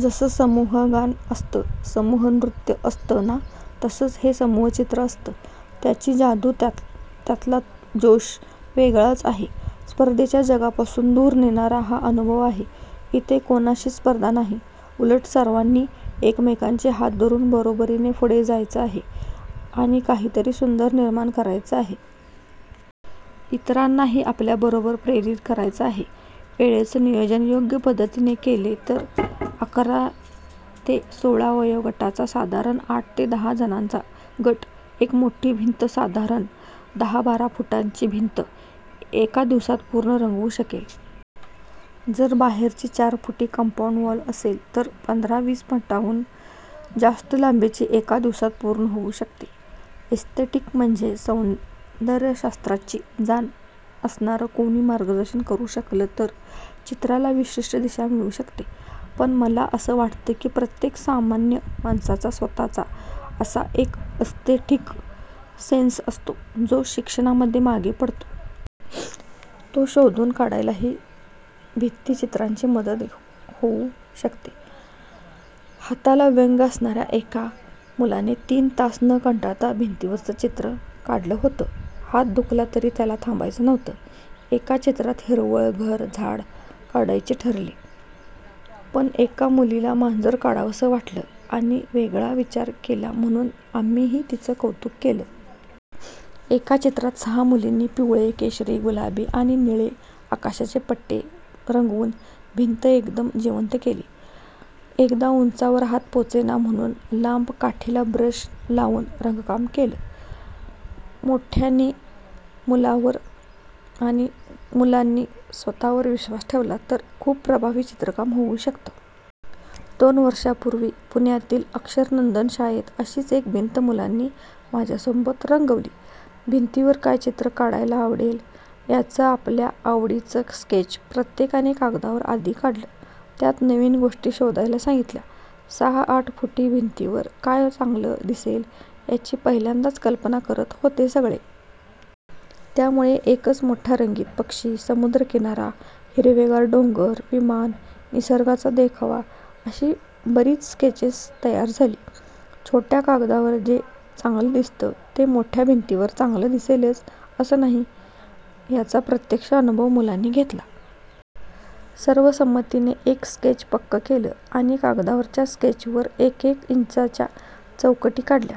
जसं समूहगान असतं, समूहनृत्य असतं ना, तसंच हे समूहचित्र असतं. त्याची जादू, त्यातला जोश वेगळाच आहे. स्पर्धेच्या जगापासून दूर नेणारा हा अनुभव आहे. इथे कोणाशीच स्पर्धा नाही, उलट सर्वांनी एकमेकांचे हात धरून बरोबरीनं पुढे जायचं आहे आणि काहीतरी सुंदर निर्माण करायचं आहे. इतरांनाही आपल्याबरोबर प्रेरित करायचं आहे. वेळेचं नियोजन योग्य पद्धतीने केलं तर अकरा ते सोळा वयोगटाचा साधारण आठ ते दहा जणांचा गट एक मोठी भिंत- साधारण दहा-बारा फूटांची भिंत, एका दिवसात पूर्ण रंगवू शकेल. जर बाहेरची चार फुटी कम्पाउंड वॉल असेल तर पंधरा-वीस फुटांहून जास्त लांबीही एका दिवसात पूर्ण होऊ शकते. एस्थेटिक म्हणजे सौंदर्यशास्त्राची जाण असणारं कोणी मार्गदर्शन करू शकलं तर चित्राला विशिष्ट दिशा मिळू शकते. पण मला असं वाटतं की प्रत्येक सामान्य माणसाचा स्वतःचा असा एक एस्थेटिक सेन्स असतो, जो शिक्षणामध्ये मागे पडतो. तो शोधून काढायलाही भित्तीचित्रांची मदत होऊ शकते. हाताला व्यंग असणाऱ्या एका मुलाने तीन तास न कंटाळता भिंतीवरचं चित्र काढलं होतं. हात दुखला तरी त्याला थांबायचं नव्हतं. एका चित्रात हिरवळ, घर, झाडं काढायची ठरली, पण एका मुलीला मांजर काढावसं वाटलं आणि वेगळा विचार केला म्हणून आम्हीही तिचं कौतुक केलं. एका चित्रात सहा मुलींनी पिवळे, केशरी, गुलाबी आणि निळे आकाशाचे पट्टे रंगवून भिंत एकदम जिवंत केली. एकदा उंचावर हात पोचेना म्हणून लांब काठीला ब्रश लावून रंगकाम केलं. मोठ्यांनी मुलांवर आणि मुलांनी स्वतःवर विश्वास ठेवला, तर खूप प्रभावी चित्रकाम होऊ शकतं. दोन वर्षांपूर्वी पुण्यातील 'अक्षरनंदन' शाळेत अशीच एक भिंत मुलांनी माझ्यासोबत रंगवली. भिंतीवर काय चित्र काढायला आवडेल याचं आपल्या आवडीचं स्केच प्रत्येकाने कागदावर आधी काढलं. त्यात नवीन गोष्टी शोधायला सांगितल्या. सहा-आठ फुटी भिंतीवर काय चांगलं दिसेल याची पहिल्यांदाच कल्पना करत होते सगळे. त्यामुळे एकच मोठा रंगीत पक्षी, समुद्रकिनारा, हिरवेगार डोंगर, विमान, निसर्गाचा देखावा अशी बरीच स्केचेस तयार झाली. छोट्या कागदावर जे चांगलं दिसतं ते मोठ्या भिंतीवर चांगलं दिसेलच असं नाही, याचा प्रत्यक्ष अनुभव मुलांनी घेतला. सर्वसंमतीने एक स्केच पक्कं केलं आणि कागदावरच्या स्केचवर एक-एक इंचाच्या चौकटी काढल्या.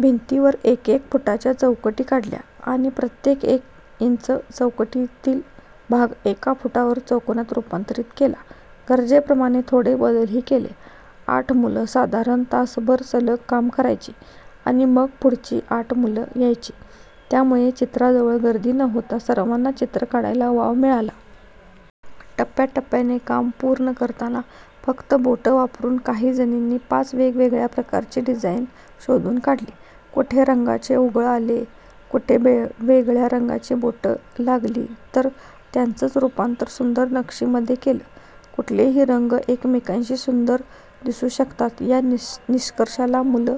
भिंतीवर एक-एक फुटाच्या चौकटी काढल्या आणि प्रत्येक एक इंच चौकटीतील भाग एका फुट चौकोनात रूपांतरित केला. गरजेप्रमाणे थोडे बदलही केले. आठ मुलं साधारण तासभर सलग काम करायची आणि मग पुढची आठ मुलं यायची, त्यामुळे चित्राजवळ गर्दी न होता सर्वांना चित्र काढायला वाव मिळाला. टप्प्याटप्प्याने काम पूर्ण करताना फक्त बोटं वापरून काहीजणींनी पाच वेगवेगळ्या प्रकारची डिझाईन्स शोधून काढली. कुठे रंगाचे ओघळ आले, कुठे वेगळ्या रंगाची बोटं लागली तर त्याचंच रूपांतर सुंदर नक्षीमध्ये केलं. कुठलेही रंग एकमेकांशेजारी सुंदर दिसू शकतात, या निष्कर्षाला मुलं